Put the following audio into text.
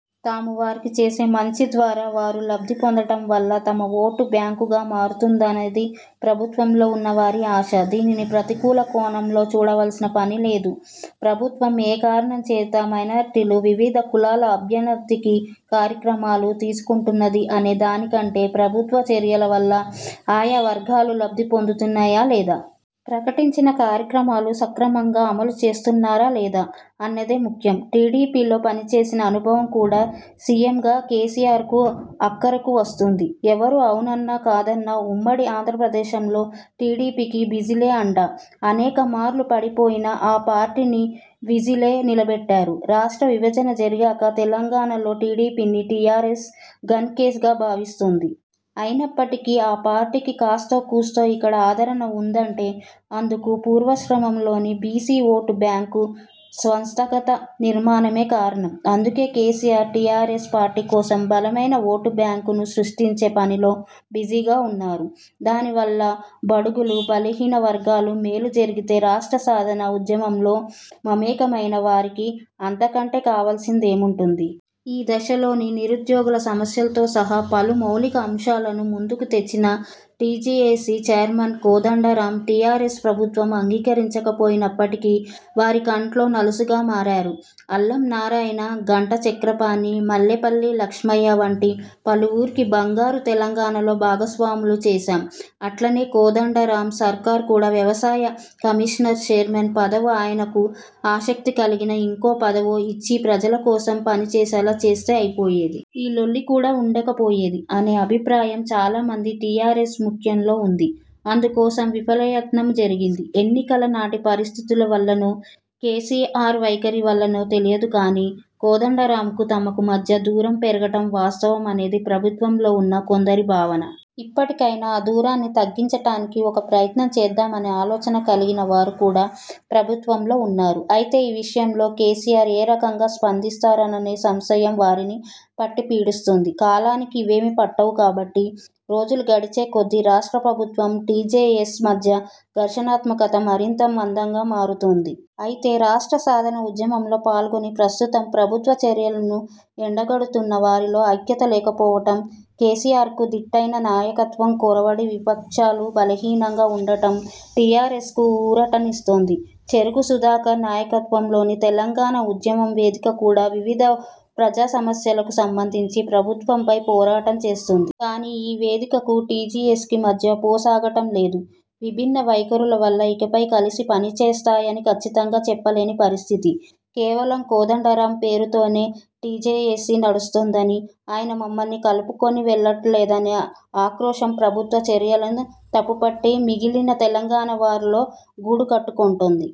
తాము వారికి చేసే మంచి ద్వారా వారు లబ్ధి పొందటం వల్ల తమ ఓటు బ్యాంకుగా మారుతారనేది ప్రభుత్వంలో ఉన్న వారి ఆశ. దీనిని ప్రతికూల కోణంలో చూడాల్సిన పని లేదు. ప్రభుత్వం ఏ కారణం చేత మైనార్టీలు, వివిధ కులాల అభ్యన్నతికి కార్యక్రమాలు తీసుకుంటున్నది అనే దానికంటే, ప్రభుత్వ చర్యల వల్ల ఆయా వర్గాలు లబ్ధి పొందుతున్నాయా లేదా? ప్రకటించిన కార్యక్రమాలు సక్రమంగా అమలు చేస్తున్నారా లేదా? అన్నదే ముఖ్యం. టీడీపీలో పనిచేసిన అనుభవం కూడా సీఎంగా కేసీఆర్కు అక్కరకు వస్తోంది. ఎవరు అవునన్నా కాదన్నా, ఉమ్మడి ఆంధ్రప్రదేశ్లో టీడీపీకి బీసీలే అండ. అనేకమార్లు పడిపోయిన ఆ పార్టీని బీసీలే నిలబెట్టారు. రాష్ట్ర విభజన జరిగాక తెలంగాణలో టీడీపీని టీఆర్ఎస్ 'గాన్ కేస్'గా భావిస్తోంది. అయినప్పటికీ, ఆ పార్టీకి కాస్తో కూస్తో ఇక్కడ ఆదరణ ఉందంటే, అందుకు పూర్వాశ్రమంలోని బీసీ ఓటు బ్యాంకు, సంస్థాగత నిర్మాణమే కారణం. అందుకే కేసీఆర్, టీఆర్ఎస్ పార్టీ కోసం బలమైన ఓటు బ్యాంకును సృష్టించే పనిలో బిజీగా ఉన్నారు. దాని వల్ల బడుగులు, బలహీన వర్గాలకు మేలు జరిగితే రాష్ట్ర సాధన ఉద్యమంలో మమేకమైన వారికి అంతకంటే కావాల్సింది ఏముంటుంది? ఈ దశలో నిరుద్యోగుల సమస్యతో సహా పలు మౌలిక అంశాలను ముందుకు తెచ్చిన టీజేఏసీ చైర్మన్ కోదండరాం టీఆర్ఎస్ ప్రభుత్వం అంగీకరించకపోయినప్పటికీ, వారి కంట్లో నలుసుగా మారారు. 'అల్లం నారాయణ, ఘంటా చక్రపాణి, మల్లేపల్లి లక్ష్మయ్య వంటి పలువురిని బంగారు తెలంగాణలో భాగస్వాములను చేశాం. అట్లనే కోదండరాం సార్కు కూడా వ్యవసాయ కమిషన్ చైర్మన్ పదవో ఆయనకు ఆసక్తి కలిగిన ఇంకో పదవో ఇచ్చి ప్రజల కోసం పనిచేసేలా చేస్తే అయిపోయేది. ఈ లొల్లి కూడా ఉండకపోయేది' అనే అభిప్రాయం చాలా మంది టీఆర్ఎస్ ముఖ్యుల్లో ఉంది. అందుకోసం విఫలయత్నమూ జరిగింది. ఎన్నికల నాటి పరిస్థితుల వల్లనో, కేసీఆర్ వైఖరి వల్లనో తెలియదు గానీ, కోదండరాంకూ తమకూ మధ్య దూరం పెరగటం వాస్తవం అనేది ప్రభుత్వంలో ఉన్న కొందరి భావన. ఇప్పటికైనా ఆ దూరాన్ని తగ్గించటానికి ఒక ప్రయత్నం చేద్దామనే ఆలోచన కలిగిన వారు కూడా ప్రభుత్వంలో ఉన్నారు. అయితే ఈ విషయంలో కేసీఆర్ ఏ రకంగా స్పందిస్తారోననే సంశయం వారిని పట్టిపీడిస్తోంది. కాలానికి ఇవేవీ పట్టవు కాబట్టి, రోజులు గడిచే కొద్దీ రాష్ట్ర ప్రభుత్వం, టీజేఏసీ మధ్య ఘర్షణాత్మకత మరింత మందంగా మారుతోంది. అయితే రాష్ట్ర సాధన ఉద్యమంలో పాల్గొని, ప్రస్తుతం ప్రభుత్వ చర్యలను ఎండగడుతున్న వారిలో ఐక్యత లేకపోవటం, కేసీఆర్కు ధీటైన నాయకత్వం కొరవడి విపక్షాలు బలహీనంగా ఉండటం టీఆర్ఎస్కు ఊరటనిస్తోంది. చెరుకు సుధాకర్ నాయకత్వంలోని తెలంగాణ ఉద్యమ వేదిక కూడా వివిధ ప్రజా సమస్యలకు సంబంధించి ప్రభుత్వంపై పోరాటం చేస్తోంది. కానీ ఈ వేదికకూ, టీజేఏసీకీ మధ్య పొసగటం లేదు. విభిన్న వైఖరుల వల్ల ఇకపై కలిసి పనిచేస్తాయని కచ్చితంగా చెప్పలేని పరిస్థితి. కేవలం కోదండరాం పేరుతోనే టీజేఏసీ నడుస్తోందనీ, ఆయన మమ్మల్ని కలుపుకొని వెళ్లటంలేదనే ఆక్రోశం ప్రభుత్వ చర్యలను తప్పుపట్టే మిగిలిన తెలంగాణ వాదుల్లో గూడుకట్టుకుంటోంది.